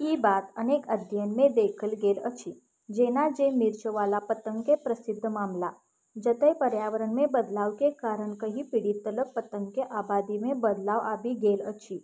ई बात अनेक अध्ययन मे देखल गेल अछि, जेना जे मिर्च वाला पतंग के प्रसिद्ध मामला, जतय पर्यावरण मे बदलाव के कारण कई पीढ़ी तलक पतंग के आबादी मे बदलाव आबि गेल अछि।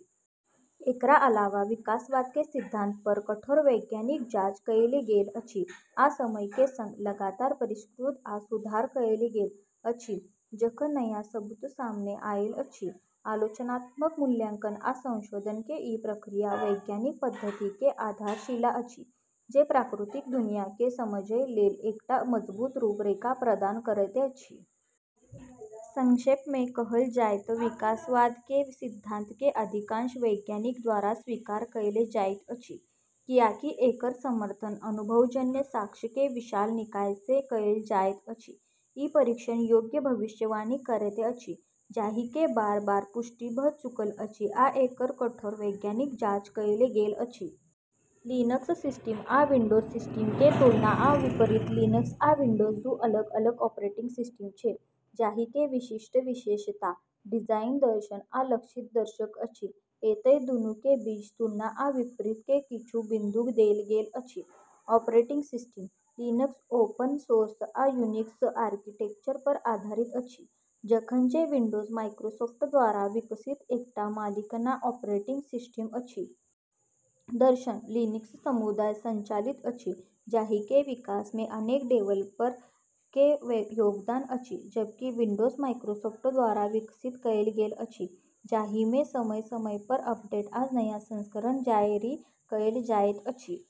एकरा अलावे विकासवाद के सिद्धांत पर कठोर वैज्ञानिक जांच कएल गेल अछि आ समय के संग लगातार परिष्कृत आ सुधार कएल गेल अछि, जखन नया सबूत सामने आएल अछि। आलोचनात्मक मूल्यांकन आ संशोधन के ई प्रक्रिया वैज्ञानिक पद्धति के आधारशिला अछि, जे प्राकृतिक दुनिया के समझय लेल एकटा मजबूत रूपरेखा प्रदान करैत अछि। संक्षेप मे कहल जाय त' विकासवाद के सिद्धांत के अधिकांश वैज्ञानिक द्वारा स्वीकार कएल जाएत अछि, कियाकि एकर समर्थन अनुभवजन्य साक्ष्य के विशाल निकाय सँ कएल जाएत अछि, ई परीक्षण योग्य भविष्यवाणी करैत अछि जाहि के बार-बार पुष्टि भ चुकल अछि आ एकर कठोर वैज्ञानिक जांच कएल गेल अछि। लिनक्स सिस्टम आ विंडोज सिस्टम के तुलना आ विपरीत: लिनक्स आ विंडोज दू अलग-अलग ऑपरेटिंग सिस्टम छै जाहि के विशिष्ट विशेषता, डिजाइन दर्शन, आ लक्षित दर्शक अछि। एतय, दुनू के बीच तुलना आ विपरीत के किछु बिंदु देल गेल अछि: operating system: Linux open source आ यूनिक्स आर्किटेक्चर पर आधारित अछि, जखन जे विंडोज माइक्रोसॉफ्ट द्वारा विकसित एकटा मालिकाना ऑपरेटिंग सिस्टम अछि। दर्शन: लिनक्स समुदाय संचालित अछि, जाहि के विकास मे अनेक डेवलपर के योगदान अछि, जबकि विंडोज माइक्रोसॉफ्ट द्वारा विकसित कएल गेल अछि, जाहि मे समय-समय पर अपडेट आ नया संस्करण जारी कएल जाएत अछि।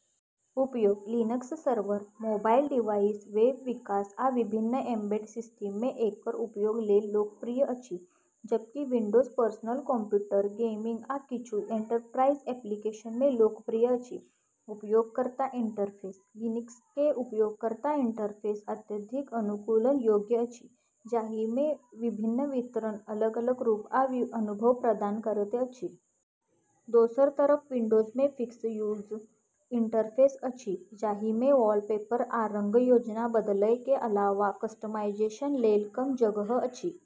उपयोग: Linux server, mobile device, web विकास, आ विभिन्न एम्बेड सिस्टम मे एकर उपयोग लेल लोकप्रिय अछि, जबकि विंडोज पर्सनल कंप्यूटर, गेमिंग, आ किछु एंटरप्राइज एप्लीकेशन मे लोकप्रिय अछि। उपयोगकर्ता इंटरफेस: लिनक्स के उपयोगकर्ता इंटरफेस अत्यधिक अनुकूलन योग्य अछि, जाहि मे विभिन्न वितरण अलग-अलग रूप आ अनुभव प्रदान करैत अछि। दोसर तरफ विंडोज मे फिक्स यूजर इंटरफेस अछि, जाहि मे वॉलपेपर या रंग योजना बदलय के अलावे कस्टमाइजेशन लेल कम जगह अछि।